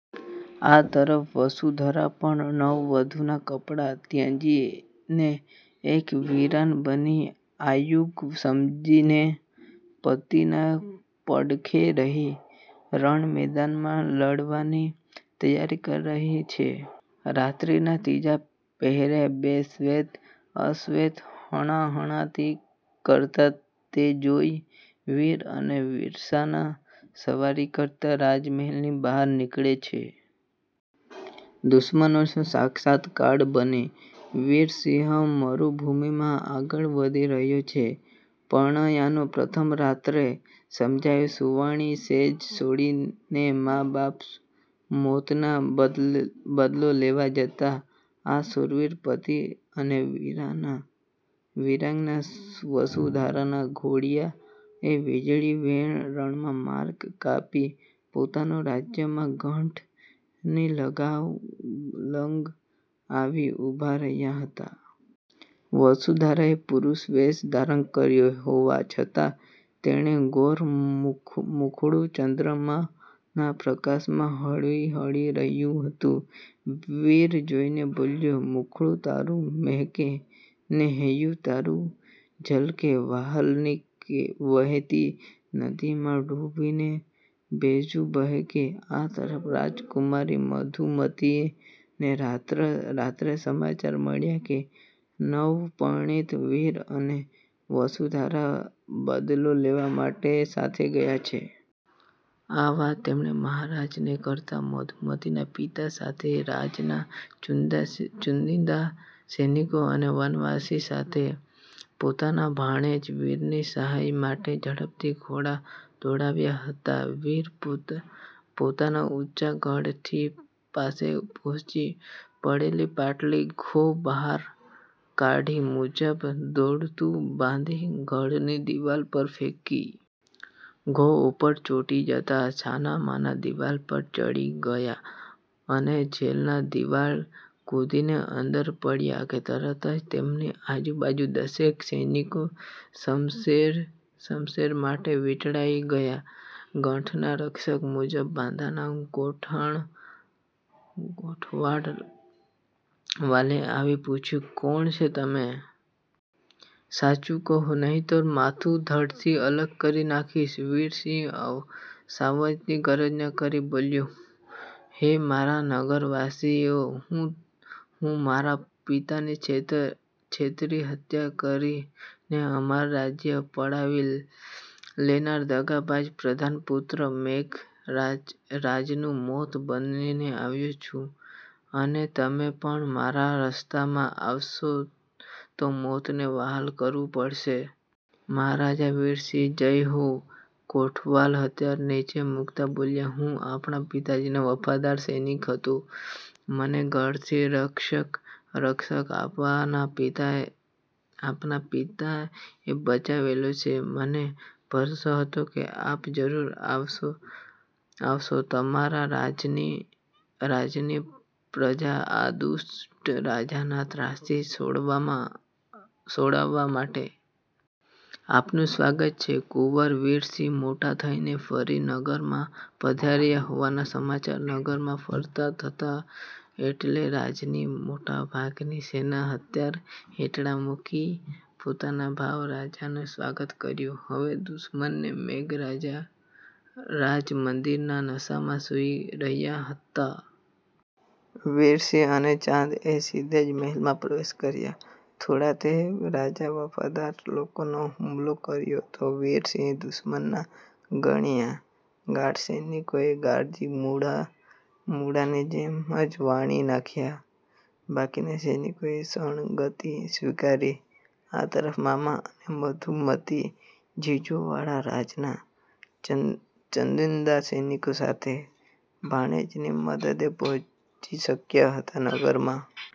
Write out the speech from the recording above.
આ તરફ વસુંધરા પણ નવવધૂના કપડાં ત્યજીને એક વીરાંગના બની આયુધ સજીને પતિના પડખે રહીને રણમેદાને લડવાની તૈયારી કરે છે. રાત્રીના ત્રીજા પહોરે બે શ્વેત અશ્વો હણહણાતી કરતાં તેજોમય વીર અને વીરાંગના સવારી કરતાં રાજમહેલની બહાર નીકળે છે. દુશ્મનોનો સાક્ષાત કાળ બની વીરસિંહ મરુભૂમિમાં આગળ વધી રહયો હતો. પરણ્યાની પ્રથમ રાતે સજાવેલી સુંવાળી સેજ છોડીને મા બાપનાં મોતનો બદલો લેવા જતાં આ શૂરવીર પતિ અને વીરાંગના વસુંધરાનાં ઘોડાઓ વીજળી વેગે રણનો માર્ગ કાપી પોતાનાં રાજ્યનાં ગઢની લગોલગ આવીને ઊભાં રહ્યાં હતાં. વસુંધરાએ પુરુષવેશ ધારણ કર્યોં હોવા છતાં તેનું ગોરું મુખડું ચન્દ્રમાંના પ્રકાશમાં ઝળહળી રહ્યુ હતું. વીર જોઈને બોલ્યો,"મુખડું તારુ મલકે, ને હૈયું મારુ આ છલકે વ્હાલની વહેતી નદીમાં ડૂબીને બેઉં બહેકે." આ તરફ રાજકુમારી મધુમતીને રાત્રે સમાચાર મળ્યાં કે નવપરણિત વીર અને વસુંધરા બદલો લેવા સાથે ગયાં છે. આ વાત તેમણે મહારાજને કરતાં મધુમતીના પિતા પોતે રાજનાં ચુનંદા સૈનિકો અને વનવાસી રાજા સાથે પોતાનાં ભાણેજ વીરની સહાયતા માટે ઝડપથી ઘોડા દોડાવી રહ્યાં હતાં. વીર પોતાનાં ઊંચા ગઢની પાસે પહોંચી પાળેલી પાટલા ઘો બહાર કાઢી મજબૂત દોરડું બાંધી ગઢની દીવાલ પર ફેંકી. ઘો ઉપર ચોંટી જતાં છાનાંમાના દીવાલ પર ચડી ગયાં અને જેવાં દીવાલ કૂદીને અંદર પડ્યાં કે તરત જ તેમની આજુબાજુ દશેક સૈનિકો શમશેર સાથે વીંટળાઈ વળ્યાં. ગઢનાં રક્ષક મજબૂત બાંધાના કોટવાલે આવીને પૂછ્યું,"કોણ છો તમે? સાચું કહો, નહીતર માથું ધડથી અલગ કરી નાખીશ." વીરસિંહ સાવજની ગર્જના કરીને બોલ્યો,"હે મારાં નગરવાસીઓ હું મારાં પિતાની છેતરીને હત્યા કરીને અમારું રાજ્ય પડાવી લેનાર દગાબાજ પ્રધાનપુત્ર મેઘરાજનું મોત બનીને આવ્યો છું. અને તમે પણ મારાં રસ્તામાં આવશો તો મોતને વહાલું કરવું પડશે." "મહારાજ વીરસિંહની જય હો." કોટવાલ હથિયાર નીચે મૂકતાં બોલ્યો,"હું આપણા પિતાજીનો વફાદાર સૈનિક હતો, મને ગઢનો રક્ષક આપનાં પિતાજીએ બનાવેલો છે. મને ભરોસો હતો કે આપ જરૂર આવશો, તમારાં રાજની પ્રજાને આ દુષ્ટ રાજાનાં ત્રાસથી છોડાવવા માટે. આપનું સ્વાગત છે." કુંવર વીરસિંહ મોટા થઈને ફરી નગરમાં પધાર્યા હોવાના સમાચાર નગરમાં ફરતાં થયાં એટલે રાજની મોટાભાગની સેનાએ હથિયાર હેઠા મૂકી પોતાનાં ભાવી રાજાનું સ્વાગત કર્યુ. હવે દુશ્મન મેઘરાજ મદિરાના નશામાં સુઈ રહયો હતો. વીરસિંહ અને ચાંદ એ સીધાં જ મહેલમાં પ્રવેશ કર્યોં, થોડાં તે મેઘરાજનાં વફાદાર લોકોએ હુમલો કર્યોં તો વીરસિંહે દુશ્મનનાં ગણ્યાં ગાંઠ્યા સૈનિકોને ગાજર મૂળાની જેમ જ વાઢી નાખ્યાં. બાકીનાં સૈનિકોએ શરણાગતિ સ્વીકારી. આ તરફ મામા અને મધુમતી ઝીંઝુવાડા રાજનાં ચુનંદા સૈનિકો સાથે ભાણેજની મદદે પહોંચી ચુક્યા હતાં નગરમાં.